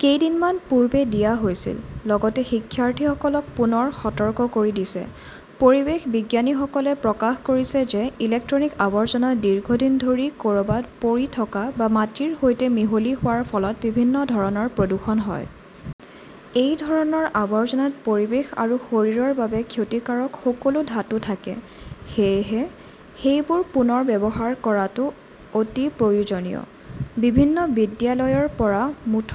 কেইদিনমান পূৰ্বে দিয়া হৈছিল। লগতে শিক্ষাৰ্থীসকলক পুনৰ সতৰ্ক কৰি দিছে। "পৰিৱেশ বিজ্ঞানীসকলে প্ৰকাশ কৰিছে যে ইলেক্ট্ৰনিক আৱৰ্জনা দীৰ্ঘদিন ধৰি ক" ৰবাত পৰি থকা বা মাটিৰ সৈতে মিহলি হোৱাৰ ফলত বিভিন্ন ধৰণৰ প্ৰদূষণ হয়। এই ধৰণৰ আৱৰ্জনাত পৰিৱেশ আৰু শৰীৰৰ বাবে ক্ষতিকাৰক সকলো ধাতু থাকে। সেয়েহে, সেইবোৰ পুনৰ ব্যৱহাৰ কৰাটো অতি প্ৰয়োজনীয়। "বিভিন্ন বিদ্যালয়ৰ পৰা মুঠ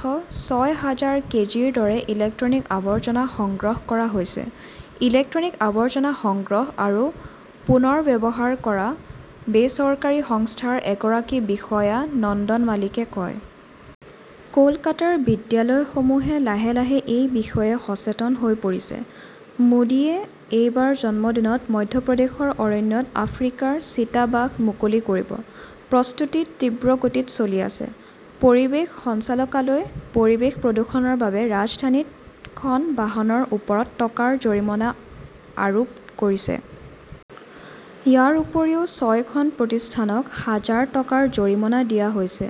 ছয় হাজাৰ কেজিৰ দৰে ইলেক্ট্ৰনিক আৱৰ্জনা সংগ্ৰহ কৰা হৈছে", ইলেক্ট্ৰনিক আৱৰ্জনা সংগ্ৰহ আৰু পুনৰ্ব্যৱহাৰ কৰা বেচৰকাৰী সংস্থাৰ এগৰাকী বিষয়া নন্দন মালিকে কয়। কলকাতাৰ বিদ্যালয়সমূহে লাহে লাহে এই বিষয়ে সচেতন হৈ পৰিছে। "। মোদীয়ে এইবাৰ জন্মদিনত মধ্যপ্ৰদেশৰ অৰণ্যত আফ্ৰিকাৰ চিতাবাঘ মুকলি কৰিব! প্ৰস্তুতি তীব্ৰ গতিত চলি আছে। পৰিৱেশ সঞ্চালকালয়ই পৰিৱেশ প্ৰদূষণৰ বাবে ৰাজধানীত খন বাহনৰ ওপৰত টকাৰ জৰিমনা আৰোপ কৰিছে। ইয়াৰ উপৰিও ছয়খন প্ৰতিষ্ঠানক হাজাৰ টকাৰ জৰিমনা দিয়া হৈছে।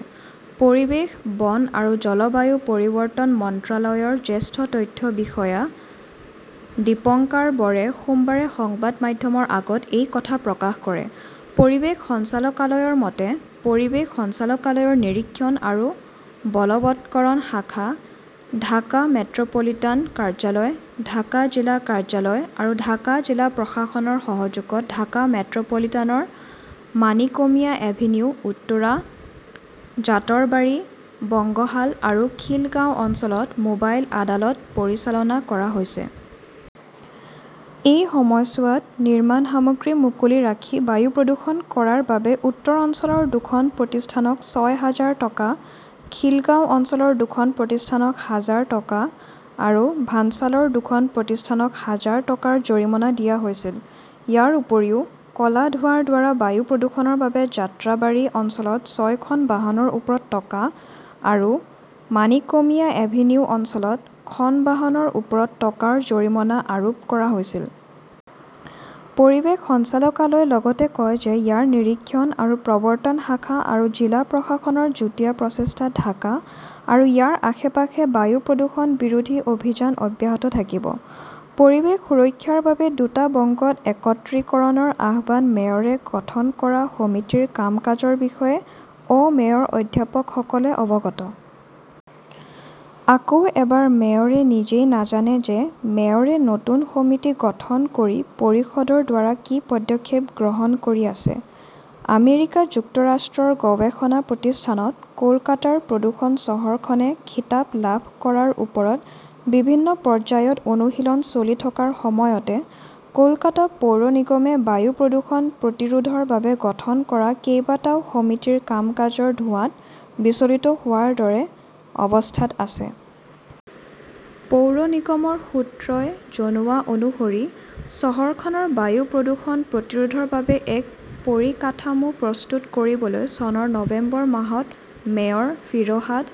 পৰিৱেশ, বন আৰু জলবায়ু পৰিৱৰ্তন মন্ত্ৰালয়ৰ জ্যেষ্ঠ তথ্য বিষয়া দীপঙ্কাৰ বৰে সোমবাৰে সংবাদ মাধ্যমৰ আগত এই কথা প্ৰকাশ কৰে। পৰিৱেশ সঞ্চালকালয়ৰ মতে, পৰিৱেশ সঞ্চালকালয়ৰ নিৰীক্ষণ আৰু বলৱৎকৰণ শাখা, ঢাকা মেট্ৰ 'পলিটান কাৰ্যালয়, ঢাকা জিলা কাৰ্যালয় আৰু ঢাকা জিলা প্ৰশাসনৰ সহযোগত ঢাকা মেট্ৰ' পলিটানৰ মাণিকমিয়া এভিনিউ, উত্তৰা, জাতৰবাৰী, বংগশাল আৰু খিলগাঁও অঞ্চলত মোবাইল আদালত পৰিচালনা কৰা হৈছে। এই সময়ছোৱাত নিৰ্মাণ সামগ্ৰী মুকলি ৰাখি বায়ু প্ৰদূষণ কৰাৰ বাবে উত্তৰ অঞ্চলৰ দুখন প্ৰতিষ্ঠানক ছয় হাজাৰ টকা, খিলগাঁও অঞ্চলৰ দুখন প্ৰতিষ্ঠানক হাজাৰ টকা আৰু ভাঞ্চালৰ দুখন প্ৰতিষ্ঠানক হাজাৰ টকাৰ জৰিমনা দিয়া হৈছিল। ইয়াৰ উপৰিও, ক 'লা ধোঁৱাৰ দ্বাৰা বায়ু প্ৰদূষণৰ বাবে যাত্ৰাবাৰী অঞ্চলত ছয়খন বাহনৰ ওপৰত টকা আৰু মানিকমিয়া এভিনিউ অঞ্চলত খন বাহনৰ ওপৰত টকাৰ জৰিমনা আৰোপ কৰা হৈছিল। পৰিৱেশ সঞ্চালকালয়ই লগতে কয় যে ইয়াৰ নিৰীক্ষণ আৰু প্ৰবৰ্ত্তন শাখা আৰু জিলা প্ৰশাসনৰ যুটীয়া প্ৰচেষ্টাত ঢাকা আৰু ইয়াৰ আশে-পাশে বায়ু প্ৰদূষণ বিৰোধী অভিযান অব্যাহত থাকিব। পৰিৱেশ সুৰক্ষাৰ বাবে দুটা বংগত একত্ৰীকৰণৰ আহ্বান মেয়ৰে গঠন কৰা সমিতিৰ কাম-কাজৰ বিষয়ে অ-মেয়ৰ অধ্যাপকসকলে অৱগত। আকৌ এবাৰ মেয়ৰে নিজেই নাজানে যে মেয়ৰে নতুন সমিতি গঠন কৰি পৰিষদৰ দ্বাৰা কি পদক্ষেপ গ্ৰহণ কৰি আছে! আমেৰিকা যুক্তৰাষ্ট্ৰৰ গৱেষণা প্ৰতিষ্ঠানত কলকাতাৰ প্ৰদূষণ-চহৰখনে 'খিতাপ "লাভ কৰাৰ ওপৰত বিভিন্ন পৰ্যায়ত অনুশীলন চলি থকাৰ সময়তে, কলকাতা পৌৰ নিগমে বায়ু প্ৰদূষণ প্ৰতিৰোধৰ বাবে গঠন কৰা কেইবাটাও সমিতিৰ কাম-কাজৰ' ধোঁৱাত" বিচলিত হোৱাৰ দৰে অৱস্থাত আছে! পৌৰ নিগমৰ সূত্ৰই জনোৱা অনুসৰি, চহৰখনৰ বায়ু প্ৰদূষণ প্ৰতিৰোধৰ বাবে এক পৰিকাঠামো প্ৰস্তুত কৰিবলৈ চনৰ নৱেম্বৰ মাহত মেয়ৰ ফিৰহাদ